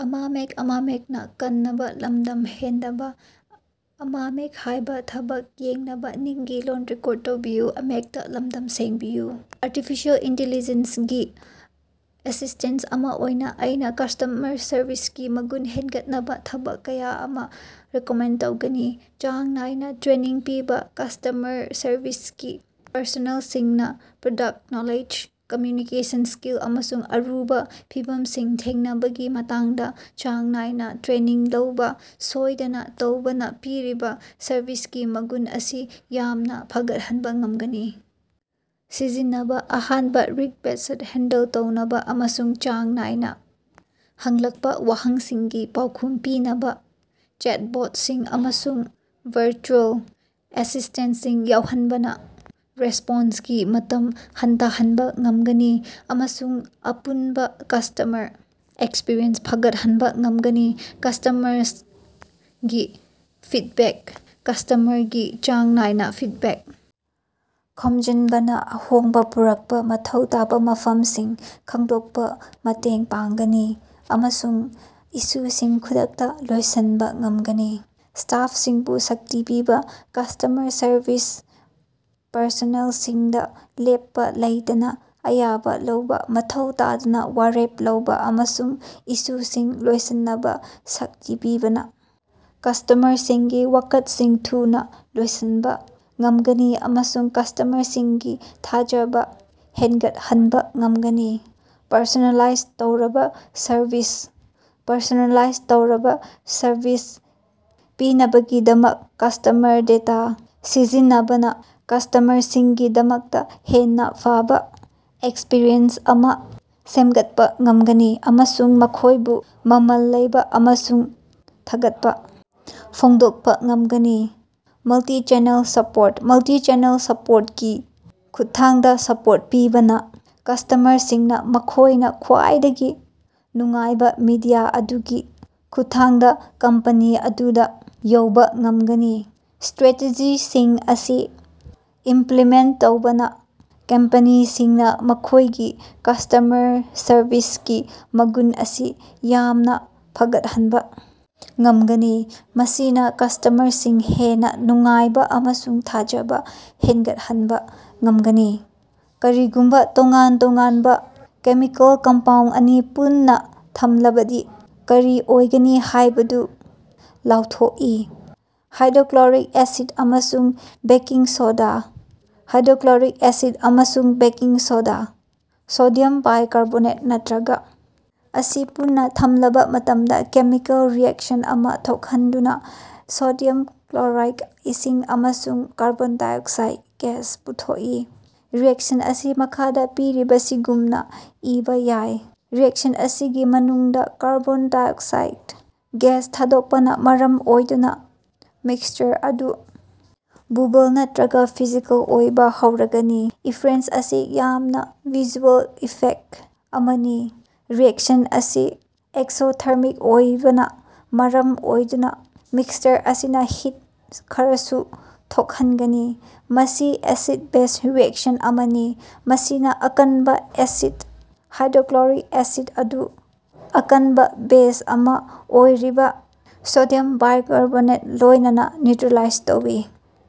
Artificial intelligence ꯒꯤ assistant ꯑꯃꯥ ꯑꯣꯏꯅ ꯑꯩꯅ ꯀꯁ꯭ꯇꯃꯔ ꯁꯔꯕꯤꯁꯀꯤ ꯃꯒꯨꯟ ꯍꯦꯟꯒꯠꯍꯟꯅꯕ ꯊꯕꯛ ꯀꯌꯥ ꯑꯃ ꯔꯤꯀꯃꯦꯟꯗ ꯇꯧꯒꯅꯤ꯫ ꯆꯥꯡ ꯅꯥꯏꯅ ꯇ꯭ꯔꯦꯅꯤꯡ ꯄꯤꯕ: ꯀꯁ꯭ꯇꯃꯔ ꯁꯔꯕꯤꯁꯀꯤ ꯄꯔꯁꯣꯅꯦꯜꯁꯤꯡꯅ ꯄ꯭ꯔꯗꯛꯇ ꯅꯣꯂꯦꯖ, ꯀꯝꯝꯌꯨꯅꯤꯀꯦꯁꯟ ꯁ꯭ꯀꯤꯜ, ꯑꯃꯁꯨꯡ ꯑꯔꯨꯕ ꯐꯤꯚꯝꯁꯤꯡ ꯊꯦꯡꯅꯕꯒꯤ ꯃꯇꯥꯡꯗ ꯆꯥꯡ ꯅꯥꯏꯅ ꯇ꯭ꯔꯦꯅꯤꯡ ꯂꯧꯕ ꯁꯣꯏꯗꯅ ꯇꯧꯕꯅ ꯄꯤꯔꯤꯕ ꯁꯔꯚꯤꯁꯀꯤ ꯃꯒꯨꯟ ꯑꯁꯤ ꯌꯥꯝꯅ ꯐꯒꯠꯍꯟꯕ ꯉꯝꯒꯅꯤ꯫. ꯁꯤꯖꯤꯟꯅꯕꯥ: ꯑꯍꯥꯟꯕ ꯔꯤꯛꯕꯦꯁ꯭ꯠ ꯍꯦꯟꯗꯜ ꯇꯧꯅꯕ ꯑꯃꯁꯨꯡ ꯆꯥꯡ ꯅꯥꯏꯅ ꯍꯪꯂꯛꯄ ꯋꯥꯍꯪꯁꯤꯡꯒꯤ ꯄꯥꯎꯈꯨꯝ ꯄꯤꯅꯕ ꯆꯦꯠꯕꯣꯠꯁꯤꯡ ꯑꯃꯁꯨꯡ ꯚꯔꯆꯨꯑꯦꯜ ꯑꯦꯁꯤꯁ꯭ꯇꯦꯟꯇꯁꯤꯡ ꯌꯥꯎꯍꯟꯕꯅ ꯔꯦꯁ꯭ꯄꯣꯟꯁꯀꯤ ꯃꯇꯝ ꯍꯟꯊꯍꯟꯕ ꯉꯝꯒꯅꯤ꯫ ꯑꯃꯁꯨꯡ ꯑꯄꯨꯟꯕ ꯀꯁ꯭ꯇꯃꯔ ꯑꯦꯛꯁꯄꯔꯤꯌꯦꯟꯁ ꯐꯒꯠꯍꯟꯕ ꯉꯝꯒꯅꯤ꯫ ꯀꯁ꯭ꯇꯃꯔꯒꯤ ꯐꯤꯗꯕꯦꯛ: ꯀꯁ꯭ꯇꯃꯔꯁꯤꯡꯗꯒꯤ ꯆꯥꯡ ꯅꯥꯏꯅꯥ ꯐꯤꯗꯕꯦꯛ ꯈꯣꯝꯖꯤꯟꯕꯅ ꯑꯍꯣꯡꯕ ꯄꯨꯔꯛꯄ ꯃꯊꯧ ꯇꯥꯕ ꯃꯐꯝꯁꯤꯡ ꯈꯪꯗꯣꯛꯄꯗ ꯃꯇꯦꯡ ꯄꯥꯡꯒꯅꯤ ꯑꯃꯁꯨꯡ ꯏꯁꯨꯁꯤꯡ ꯈꯨꯗꯛꯇ ꯂꯣꯏꯁꯤꯟꯕ ꯉꯝꯒꯅꯤ꯫ ꯁ꯭ꯇꯥꯐꯁꯤꯡꯕꯨ ꯁꯛꯇꯤ ꯄꯤꯕꯥ: ꯀꯁ꯭ꯇꯃꯔ ꯁꯔꯚꯤꯁ ꯄꯔꯁꯣꯅꯦꯜꯁꯤꯡꯗ ꯂꯦꯞꯄ ꯂꯩꯇꯅ ꯑꯌꯥꯕ ꯂꯧꯕ ꯃꯊꯧ ꯇꯥꯗꯅ ꯋꯥꯔꯦꯞ ꯂꯧꯕ ꯑꯃꯁꯨꯡ ꯏꯁꯨꯁꯤꯡ ꯂꯣꯏꯁꯤꯟꯅꯕ ꯁꯛꯇꯤ ꯄꯤꯕꯅ ꯀꯁ꯭ꯇꯃꯔꯁꯤꯡꯒꯤ ꯋꯥꯀꯠꯁꯤꯡ ꯊꯨꯅ ꯂꯣꯏꯁꯤꯟꯕ ꯉꯝꯒꯅꯤ ꯑꯃꯁꯨꯡ ꯀꯁ꯭ꯇꯃꯔꯁꯤꯡꯒꯤ ꯊꯥꯖꯕ ꯍꯦꯅꯒꯠꯍꯟꯕ ꯉꯝꯒꯅꯤ꯫ ꯄꯔꯁꯣꯅꯦꯂꯥꯏꯖ ꯇꯧꯔꯕ ꯁꯔꯚꯤꯁ: ꯄꯔꯁꯣꯅꯦꯂꯥꯏꯖ ꯇꯧꯔꯕ ꯁꯔꯚꯤꯁ ꯄꯤꯅꯕꯒꯤꯗꯃꯛ ꯀꯁ꯭ꯇꯃꯔ ꯗꯦꯇꯥ ꯁꯤꯖꯤꯟꯅꯕꯅ ꯀꯁ꯭ꯇꯃꯔꯁꯤꯡꯒꯤꯗꯃꯛꯇ ꯍꯦꯟꯅ ꯐꯕ ꯑꯦꯛꯁꯄꯔꯤꯌꯦꯟꯁ ꯑꯃ ꯁꯦꯝꯒꯠꯄ ꯉꯝꯒꯅꯤ꯫ ꯑꯃꯁꯨꯡ ꯃꯈꯣꯏꯕꯨ ꯃꯃꯜ ꯂꯩꯕ ꯑꯃꯁꯨꯡ ꯊꯥꯒꯠꯄ ꯐꯣꯡꯗꯣꯛꯄ ꯉꯝꯒꯅꯤ꯫ ꯃꯜꯇꯤꯆꯦꯅꯦꯜ ꯁꯄꯣꯔꯠ: ꯃꯜꯇꯤꯆꯦꯅꯦꯜ ꯁꯄꯣꯔꯠ ꯒꯤ ꯈꯨꯠꯊꯥꯡꯗꯥ ꯁꯄꯣꯔꯠ ꯄꯤꯕꯅ ꯀꯁ꯭ꯇꯃꯔꯁꯤꯡꯅ ꯃꯈꯣꯏꯅ ꯈ꯭ꯋꯥꯏꯗꯒꯤ ꯅꯨꯡꯉꯥꯏꯕ ꯃꯦꯗꯤꯌꯝ ꯑꯗꯨꯒꯤ ꯈꯨꯠꯊꯥꯡꯗ ꯀꯝꯄꯅꯤ ꯑꯗꯨꯗ ꯌꯧꯕ ꯉꯝꯒꯅꯤ꯫ ꯁ꯭ꯇꯔꯦꯇꯦꯖꯤꯁꯤꯡ ꯑꯁꯤ ꯏꯃꯞꯂꯤꯃꯦꯟꯇ ꯇꯧꯕꯅ ꯀꯝꯄꯦꯅꯤꯁꯤꯡꯅ ꯃꯈꯣꯏꯒꯤ ꯀꯁ꯭ꯇꯃꯔ ꯁꯔꯕꯤꯁꯀꯤ ꯃꯒꯨꯟ ꯑꯁꯤ ꯌꯥꯝꯅ ꯐꯒꯠꯍꯟꯕ ꯉꯝꯒꯅꯤ꯫ ꯃꯁꯤꯅ ꯀꯁ꯭ꯇꯃꯔꯁꯤꯡ ꯍꯦꯟꯅ ꯅꯨꯡꯉꯥꯏꯕ ꯑꯃꯁꯨꯡ ꯊꯥꯖꯕ ꯍꯦꯟꯒꯠꯍꯟꯕ ꯉꯝꯒꯅꯤ꯫ ꯀꯔꯤꯒꯨꯝꯕ ꯇꯣꯉꯥꯟ-ꯇꯣꯉꯥꯟꯕ ꯀꯦꯃꯤꯀꯦꯜ ꯀꯝꯄꯥꯎꯟꯗ ꯑꯅꯤ ꯄꯨꯟꯅ ꯊꯝꯂꯕꯗꯤ ꯀꯔꯤ ꯑꯣꯏꯒꯅꯤ ꯍꯥꯏꯕꯗꯨ ꯂꯥꯎꯊꯣꯛꯎ꯫ ꯍꯥꯏꯗ꯭ꯔꯣꯀ꯭ꯂꯣꯔꯤꯛ ꯑꯦꯁꯤꯗ ꯑꯃꯁꯨꯡ ꯕꯦꯀꯤꯡ ꯁꯣꯗꯥ꯫ ꯍꯥꯏꯗ꯭ꯔꯣꯀ꯭ꯂꯣꯔꯤꯛ ꯑꯦꯁꯤꯗ ꯑꯃꯁꯨꯡ ꯕꯦꯀꯤꯡ ꯁꯣꯗꯥ (ꯁꯣꯗꯤꯌꯝ ꯕꯥꯏꯀꯥꯔꯕꯣꯅꯥꯏꯠ ꯅꯠꯇ꯭ꯔꯒ) ꯑꯁꯤ ꯄꯨꯟꯅ ꯊꯝꯂꯕ ꯃꯇꯝꯗ ꯀꯦꯃꯤꯀꯦꯜ ꯔꯤꯑꯦꯛꯁꯟ ꯑꯃ ꯊꯣꯚꯍꯟꯗꯨꯅ ꯁꯣꯗꯤꯌꯝ ꯀ꯭ꯂꯣꯔꯥꯏꯗ, ꯏꯁꯤꯡ ꯑꯃꯁꯨꯡ ꯀꯥꯔꯕꯣꯟ ꯗꯥꯏꯑꯣꯛꯁꯥꯏꯗ ꯒ꯭ꯌꯥꯁ ꯄꯨꯊꯣꯛꯏ꯫ ꯔꯤꯑꯦꯛꯁꯟ ꯑꯁꯤ ꯃꯈꯥꯗ ꯄꯤꯔꯤꯕꯁꯤꯒꯨꯝꯅꯥ ꯏꯕꯥ ꯌꯥꯏ ꯔꯤꯑꯦꯛꯁꯟ ꯑꯁꯤꯒꯤ ꯃꯅꯨꯡꯗ ꯀꯥꯔꯕꯣꯟ ꯗꯥꯏꯑꯣꯛꯁꯥꯏꯗ ꯒ꯭ꯌꯥꯁ ꯊꯥꯗꯣꯛꯄꯅ ꯃꯔꯝ ꯑꯣꯏꯗꯨꯅ ꯃꯤꯛꯁꯆꯔ ꯑꯗꯨ ꯕꯨꯕꯜ ꯅꯠꯇ꯭ꯔꯒ ꯐꯤꯖꯤꯀꯦꯜ ꯑꯣꯏꯕ ꯍꯧꯔꯒꯅꯤ꯫ ꯏꯐꯔꯦꯟꯁ ꯑꯁꯤ ꯌꯥꯝꯅꯥ ꯚꯤꯖꯨꯑꯦꯜ ꯏꯐꯦꯛꯇ ꯑꯃꯅꯤ꯫ ꯔꯤꯑꯦꯛꯁꯟ ꯑꯁꯤ ꯑꯦꯛꯁꯣꯊꯔꯃꯤꯛ ꯑꯣꯏꯕꯅ ꯃꯔꯝ ꯑꯣꯏꯗꯨꯅ ꯃꯤꯛꯁꯆꯔ ꯑꯁꯤꯅ ꯍꯤꯠ ꯈꯔꯁꯨ ꯊꯣꯛꯍꯟꯒꯅꯤ꯫ ꯃꯁꯤ ꯑꯦꯁꯤꯗ-ꯕꯦꯖ ꯔꯤꯑꯦꯛꯁꯟ ꯑꯃꯅꯤ꯫ ꯃꯁꯤꯅ ꯑꯀꯟꯕ ꯑꯦꯁꯤꯗ ꯍꯥꯏꯗ꯭ꯔꯣꯛꯂꯣꯔꯤꯛ ꯑꯦꯁꯤꯗ ꯑꯗꯨ ꯑꯀꯟꯕ ꯕꯦꯖ ꯑꯃ ꯑꯣꯏꯔꯤꯕ ꯁꯣꯗꯤꯌꯝ ꯕꯥꯏꯀꯥꯔꯕꯣꯅꯦꯇꯀ ꯂꯣꯏꯅꯅ ꯅ꯭ꯌꯨꯇ꯭ꯔꯤꯂꯥꯏꯖ ꯇꯧꯏ꯫